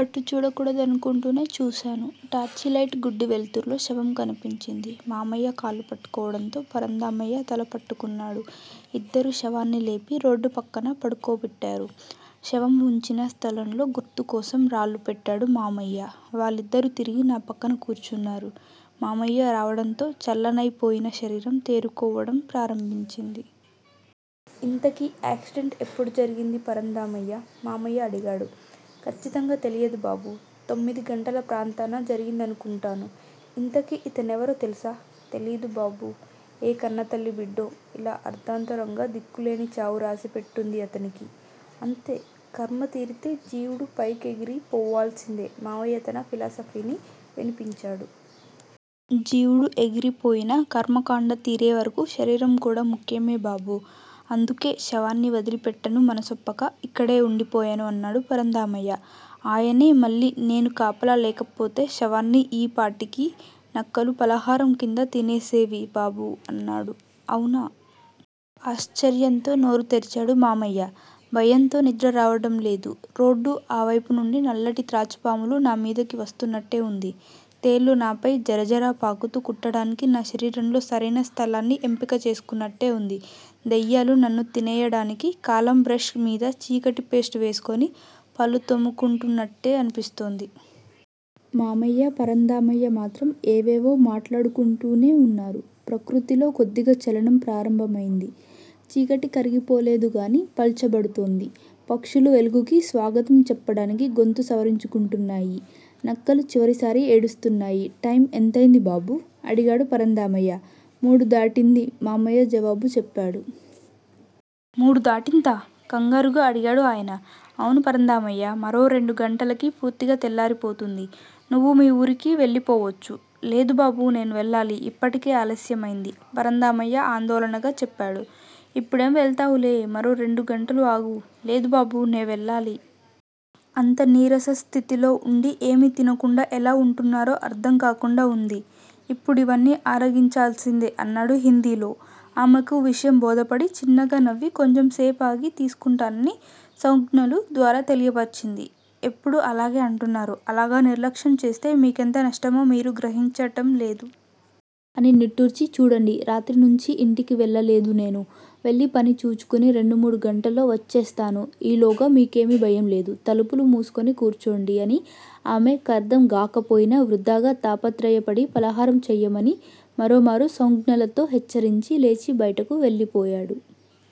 అటు చూడకూడదనుకుంటూనే చూశాను. టార్చిలైట్ గుడ్డి వెలుతురులో శవం కనిపించింది. మామయ్య కాళ్ళు పట్టుకోవడంతో, పరంధామయ్య తల పట్టుకున్నాడు. ఇద్దరూ శవాన్ని లేపి రోడ్డు పక్కగా పడుకోబెట్టారు. శవం వుంచిన స్థలంలో గుర్తుకోసం రాళ్ళు పెట్టాడు మామయ్య. వాళ్ళిద్దరూ తిరిగి నా పక్కన కూర్చున్నారు. మామయ్య రావడంతో చల్లనైపోయిన శరీరం తేరుకోవడం ప్రారంభించింది. ఇంతకీ యాక్సిడెంట్ ఎప్పుడు జరిగింది పరంధామయ్యా? మామయ్య అడిగాడు. ఖచ్చితంగా తెలియదు బాబూ! తొమ్మిది గంటల ప్రాంతాన జరిగిందనుకుంటాను. ఇంతకీ ఇతనెవరో తెలుసా? తెలీదు బాబూ! ఏ కన్నతల్లి బిడ్డో. ఇలా అర్థాంతరంగా దిక్కు లేని చావు రాసి పెట్టుంది అతనికి. అంతే. ఖర్మ తీరితే జీవుడు పైకెగిరి పోవాల్సిందే మామయ్య తన ఫిలాసఫీని వినిపించాడు. జీవుడు ఎగిరిపోయినా, కర్మ కాండ తీరేవరకు శరీరం కూడా ముఖ్యమే బాబూ! అందుకే శవాన్ని వదలి పెట్టను మనసొప్పక ఇక్కడే వుండిపోయాను అన్నాడు పరంధామయ్య. ఆయనే మళ్ళీ నేను కాపలా లేకపోతే శవాన్ని ఈ పాటికి నక్కలు పలహారం కింద తినేసేవి బాబూ అన్నాడు. అవునా! ఆశ్చర్యంతో నోరు తెరిచాడు మామయ్య. భయంతో నిద్ర రావడంలేదు. రోడ్డు ఆ వైపు నుంచి నల్లటి త్రాచుపాములు నా మీదకు వస్తున్నట్టే వుంది. తేళ్లు నాపై జరజరా పాకుతూ కుట్టడానికి నా శరీరంలో సరైన స్థలాన్ని ఎంపిక చేసుకున్నట్టే వుంది. దెయ్యాలు నన్ను తినెయ్యడానికి కాలం బ్రెష్ మీద చీకటి పేస్ట్ వేసుకుని పళ్ళు తోముకుంటున్నట్టే అనిపిస్తోంది. మామయ్య, పరంధామయ్య మాత్రం ఏవేవో మాట్లాడుకుంటూనే వున్నారు. ప్రకృతిలో కొద్దిగా చలనం ప్రారంభమైంది. చీకటి కరిగిపోలేదు గానీ పలుచబడుతోంది. పక్షులు వెలుగుకి స్వాగతం చెప్పడానికి గొంతు సవరించుకుంటున్నాయి. నక్కలు చివరసారి ఏడుస్తున్నాయి. టైమ్ ఎంతైంది బాబూ? అడిగాడు పరంధామయ్య. మూడు దాటింది మామయ్య జవాబు చెప్పాడు. మూడు దాటిందా? కంగారుగా అడిగాడు ఆయన. అవును పరంధామయ్య, మరో రెండు గంటలకి పూర్తిగా తెల్లారిపోతుంది. నువ్వు మీవూరికి వెళ్ళిపోవచ్చు. లేదు బాబూ నేను వెళ్ళాలి. ఇప్పటికే ఆలస్యమైంది పరంధామయ్య ఆందోళనగా చెప్పాడు. ఇప్పుడేం వెళతావులే, మరో రెండు గంటలు ఆగు. లేదు బాబూ! నే వెళ్ళాలి. అంత నీరసస్థితిలో వుండి ఏమీ తినకుండా యెలా వుంటున్నారో అర్థంకాకుండా వుంది. ఇప్పుడివన్నీ అరగించాల్సిందే అన్నాడు హిందీలో. ఆమెకు విషయం బోధపడి, చిన్నగా నవ్వి కొంచెంసేపాగి తీసుకుంటానని సౌంజ్ఞలు ద్వారా తెలియపర్చింది. ఎప్పుడూ అలాగే అంటున్నారు. అలాగ నిర్లక్ష్యం చేస్తే మీకెంత నష్టమో మీరు గ్రహించటంలేదు. అని నిట్టూర్చి చూడండీ. రాత్రి నుంచీ యింటికి వెళ్ళలేదు నేను. వెళ్ళి పని చూచుకుని రెండు మూడు గంటల్లో వచ్చేస్తాను. ఈలోగా మీకేమీ భయంలేదు. తలుపులు మూసుకుని కూర్చోండి అని ఆమె కర్థం గాకపోయినా వృథాగా తాపత్రయపడి ఫలహారం చెయ్యమని మరోమారు సౌంజ్ఞలతో హెచ్చరించి, లేచి బయటకు వెళ్ళిపోయాడు.